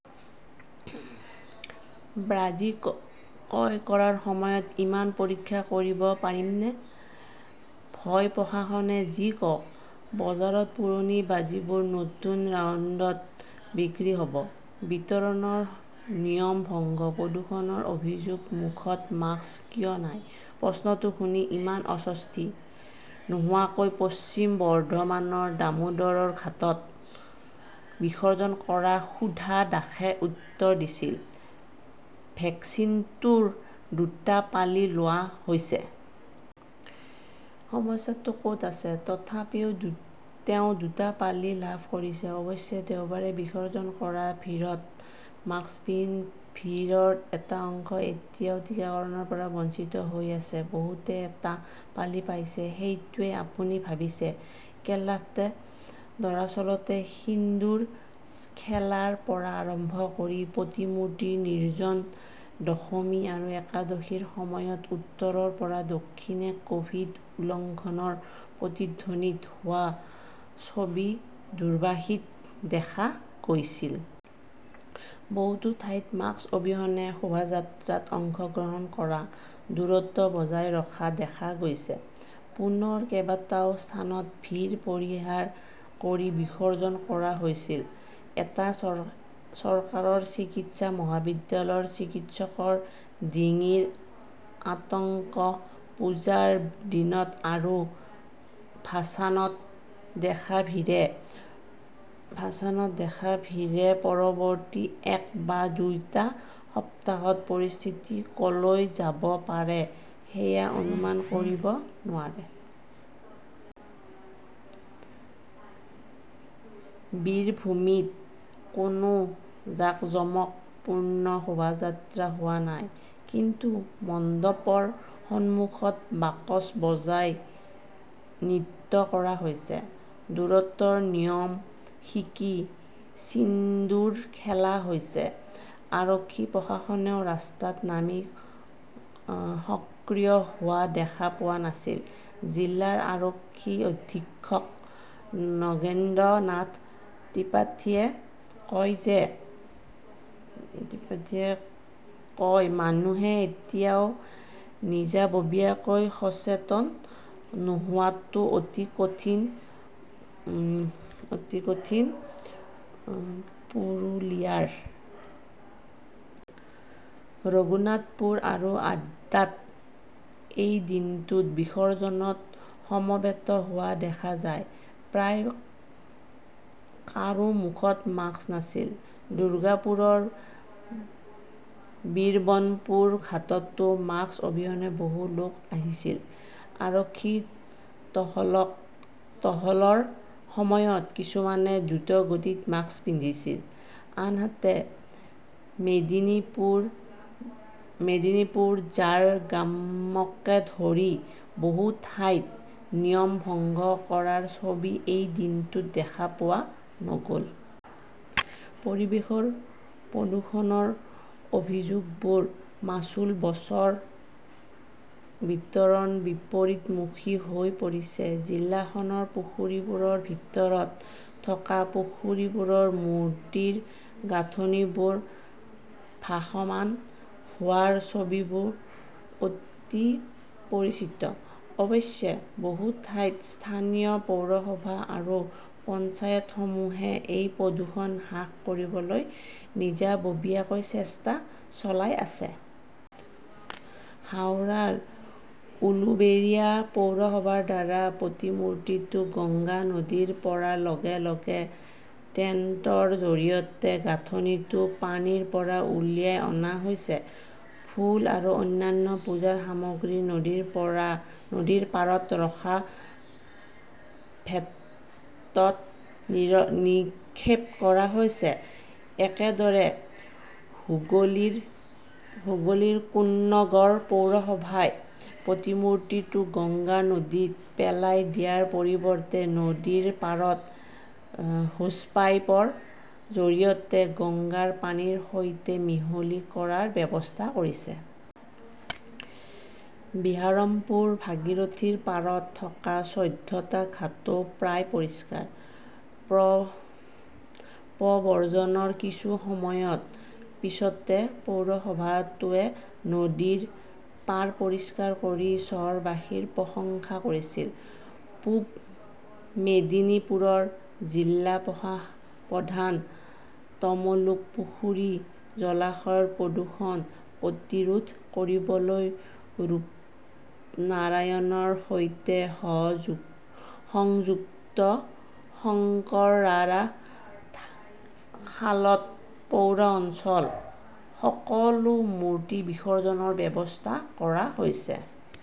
বাজি ক্ৰয় কৰাৰ সময়ত ইমান পৰীক্ষা কৰিব পাৰিমনে? ভয় প্ৰশাসনে যি কওক, বজাৰত পুৰণি বাজিবোৰ নতুন ৰাউণ্ডত বিক্ৰী হ 'ব। বিতৰণত নিয়ম ভংগ, প্ৰদূষণৰ অভিযোগ মুখত মাস্ক কিয় নাই? প্ৰশ্নটো শুনি ইমান অস্বস্তি নোহোৱাকৈ, পশ্চিম বৰ্ধমানৰ দামোদৰ ঘাটত বিসৰ্জন কৰা সুধা দাসে উত্তৰ দিছিল, ভেকচিনটোৰ দুটা পালি লোৱা হৈছে। সমস্যাটো ক'ত আছে? তথাপিও তেওঁ দুটা পালি লাভ কৰিছে। অৱশ্যে, দেওবাৰে বিসৰ্জন কৰা ভিৰত মাস্কবিহীন ভিৰৰ এটা অংশ এতিয়াও টিকাকৰণৰ পৰা বঞ্চিত হৈ আছে। বহুতে এটা পালি পাইছে, সেইটোৱেই আপুনি ভাবিছে কেল্লাফ্টে দৰাচলতে, সিন্দুৰখেলাৰ পৰা আৰম্ভ কৰি প্ৰতিমূৰ্তি নিৰ্জন দশমী আৰু একাদশীৰ সময়ত উত্তৰৰ পৰা দক্ষিণে কভিড উলংঘনৰ প্ৰতিধ্বনিত হোৱা ছবি দুৱাৰ্ষীত দেখা গৈছিল। বহুতো ঠাইত মাস্ক অবিহনে শোভাযাত্ৰাত অংশগ্ৰহণ কৰা, দূৰত্ব বজাই ৰখা দেখা গৈছে। পুনৰ কেইবাটাও স্থানত ভিৰ পৰিহাৰ কৰি বিসৰ্জন কৰা হৈছিল। এটা চৰকাৰী চিকিৎসা মহাবিদ্যালয়ৰ চিকিৎসকৰ ডিঙিৰ আতংক পূজাৰ দিনত আৰু ভাছানত দেখা ভিৰে পৰৱৰ্তী এক বা দুটা সপ্তাহত পৰিস্থিতি ক'লৈ যাব পাৰে সেয়া অনুমান কৰিব নোৱাৰে। বীৰভূমিত কোনো জাকজমকপূৰ্ণ শোভাযাত্ৰা হোৱা নাই, কিন্তু মণ্ডপৰ সন্মুখত বাকচ বজাই নৃত্য কৰা হৈছে, দূৰত্বৰ নিয়ম শিকি ছিন্দুৰ খেলা হৈছে। আৰক্ষী-প্ৰশাসনেও ৰাস্তাত নামি সক্ৰিয় হোৱা দেখা পোৱা নাছিল। জিলাৰ আৰক্ষী অধীক্ষক নগেন্দ্ৰনাথ ত্ৰিপাঠীয়ে কয়, মানুহে এতিয়াও নিজাববীয়াকৈ সচেতন নোহোৱাটো অতি কঠিন। পুৰুলিয়াৰ ৰঘুনাথপুৰ আৰু আদ্ৰাত এই দিনটোত বিসৰ্জনত সমবেত হোৱা দেখা যায়। প্ৰায় কাৰো মুখত মাস্ক নাছিল। দুৰ্গাপুৰৰ বীৰবনপুৰ ঘাটতো মাস্ক অবিহনে বহু লোক আহিছিল। আৰক্ষীৰ টহলৰ সময়ত কিছুমানে দ্ৰুতগতিত মাস্ক পিন্ধিছিল। আনহাতে, মেদিনীপুৰ, ঝাৰগ্ৰামকে ধৰি বহু ঠাইত নিয়ম ভংগ কৰাৰ ছবি এই দিনটোত দেখা পোৱা নগ'ল। পৰিৱেশৰ প্ৰদূষণৰ অভিযোগবোৰ মাচুল বছৰ বিতৰণৰ বিপৰীতমুখী হৈ পৰিছে। জিলাখনৰ পুখুৰীবোৰৰ ভিতৰত থকা পুখুৰীবোৰত মূৰ্তিৰ গাঁথনিবোৰ ভাসমান হোৱাৰ ছবিবোৰ অতি পৰিচিত। অৱশ্যে, বহু ঠাইত স্থানীয় পৌৰসভা আৰু পঞ্চায়তসমূহে এই প্ৰদূষণ হ্ৰাস কৰিবলৈ নিজাববীয়াকৈ চেষ্টা চলাই আছে। হাওৰাৰ উলুবেৰিয়া পৌৰসভাৰ দ্বাৰা প্ৰতিমূৰ্তিটো গংগা নদীত পৰাৰ লগে লগে ক্ৰেনৰ জৰিয়তে গাঁথনিটো পানীৰ পৰা উলিয়াই অনা হৈছে। ফুল আৰু অন্যান্য পূজাৰ সামগ্ৰী নদীৰ পাৰত ৰখা ভ্যাটত নিক্ষেপ কৰা হৈছে। একেদৰে, হুগলীৰ কোন্নগৰ পৌৰসভাই প্ৰতিমূৰ্তিটো গংগা নদীত পেলাই দিয়াৰ পৰিৱৰ্তে নদীৰ পাৰত হোচপাইপৰ জৰিয়তে গংগাৰ পানীৰ সৈতে মিহলি কৰাৰ ব্যৱস্থা কৰিছে। বিহাৰমপুৰ, ভাগীৰথী পাৰত থকা চৈধ্যটা ঘাটও প্ৰায় পৰিষ্কাৰ। প্ৰব্ৰজনৰ কিছু সময়ৰ পিছতে পৌৰসভাটোৱে নদীৰ পাৰ পৰিষ্কাৰ কৰি চহৰবাসীৰ প্ৰশংসা কৰিছিল। পূব মেদিনীপুৰৰ জিলা প্ৰধান তমলুক পুখুৰী-জলাশয়ত প্ৰদূষণ প্ৰতিৰোধ কৰিবলৈ ৰূপনাৰায়ণৰ সৈতে সংযুক্ত শংকৰাৰা খালত পৌৰ অঞ্চলৰ সকলো মূৰ্তি বিসৰ্জনৰ ব্যৱস্থা কৰা হৈছিল।